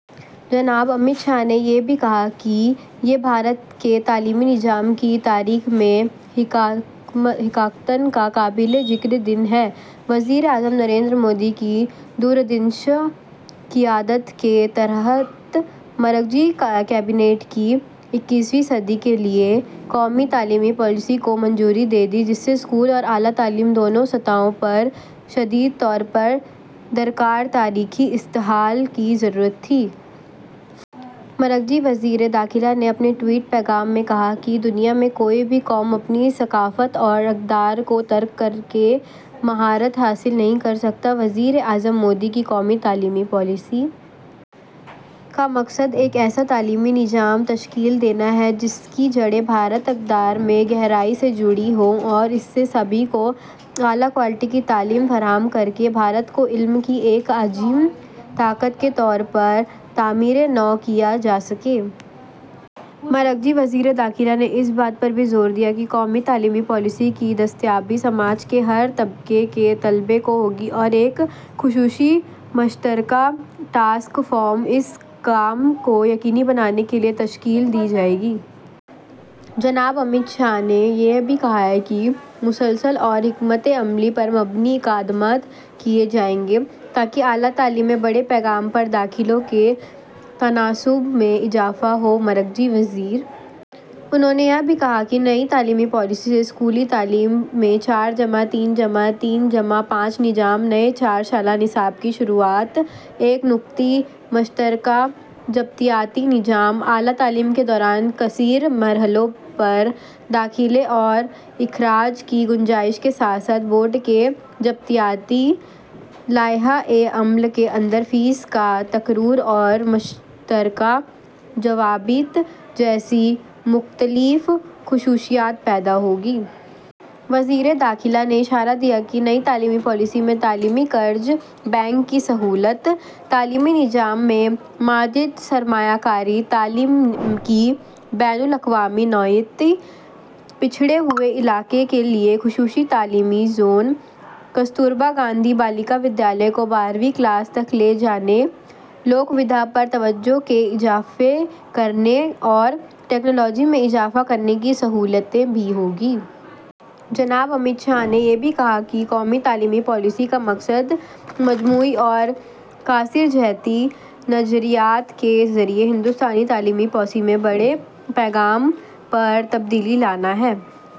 جناب امت شاہ نے یہ بھی کہا کہ یہ بھارت کے تعلیمی نظام کی تاریخ میں حقیقتاً ایک قابل ذکر دن ہے۔ وزیراعظم نریندر مودی کی دور اندیش قیادت کے تحت مرکزی کابینہ نے اکیسویں صدی کے لیے قومی تعلیمی پالیسی کو منظوری دے دی، جس سے اسکول اور اعلیٰ تعلیم دونوں سطحوں پر شدید طور پر درکار تاریخی اصلاحات کی ضرورت تھی۔ مرکزی وزیر داخلہ نے اپنے ٹوئٹ پیغام میں کہا ہے کہ دنیا میں کوئی بھی قوم اپنی ثقافت اور اقدار کو ترک کرکے مہارت حاصل نہیں کرسکتی۔ وزیراعظم مودی کی قومی تعلیمی پالیسی کا مقصد ایک ایسا تعلیمی نظام تشکیل دینا ہے جس کی جڑیں بھارتی اقدار میں گہرائی سے جڑی ہوں اور اس سے سبھی کو اعلیٰ کوالٹی کی تعلیم فراہم کرکے بھارت کی علم کی ایک عظیم طاقت کے طور پر تعمیر نو کی جا سکے۔ مرکزی وزیر داخلہ نے اس بات پر بھی زور دیا کہ قومی تعلیمی پالیسی کی دستیابی سماج کے ہر طبقے کے طلباء کو ہوگی اور ایک خصوصی مشترکہ ٹاسک فورس اس کام کو یقینی بنانے کے لیے تشکیل دی جائے گی۔ جناب امت شاہ نے یہ بھی کہا کہ لگاتار اور حکمت عملی پر مبنی اقدامات کیے جائیں گے تاکہ اعلیٰ تعلیم میں بڑے پیمانے پر اندراجات کے تناسب میں اضافہ ہو۔ مرکزی وزیر داخلہ نے یہ بھی کہا کہ نئی تعلیمی پالیسی سے اسکولی تعلیم میں چار جمع تین جمع تین جمع پانچ نظام، نئے چار سالہ نصابات کی شروعات، ایک نکاتی مشترکہ ضابطہ جاتی نظام، اعلیٰ تعلیم کے دوران کثیر مرحلوں پر داخلے اور انخلاء کی گنجائش کے ساتھ ساتھ بورڈ کے ضابطہ جاتی لائحہ عمل کے اندر فیس کا تقرر اور مشترکہ ضابطوں جیسی مختلف خصوصیات پیدا ہوں گی۔ مرکزی وزیر داخلہ نے اشارہ دیا کہ نئی تعلیمی پالیسی میں تعلیمی قرض بینک کی سہولت، تعلیمی نظام میں مزید سرمایہ کاری، تعلیم کی بین الاقوامی نوعیت، پچھڑے ہوئے خطوں کے لیے خصوصی تعلیمی زون، کستوربا گاندھی بالیکا ودیالیہ کو بارہویں کلاس تک لے جانے، لوک ودیا پر توجہ میں اضافہ کرنے اور ٹیکنالوجی میں اضافہ کرنے کی سہولیات بھی ہوں گی۔ جناب امت شاہ نے یہ بھی کہا کہ قومی تعلیمی پالیسی کا مقصد مجموعی اور کثیر جہتی نظریات کے ذریعے بھارتی تعلیمی پالیسی میں بڑے پیمانے پر تبدیلی لانا ہے۔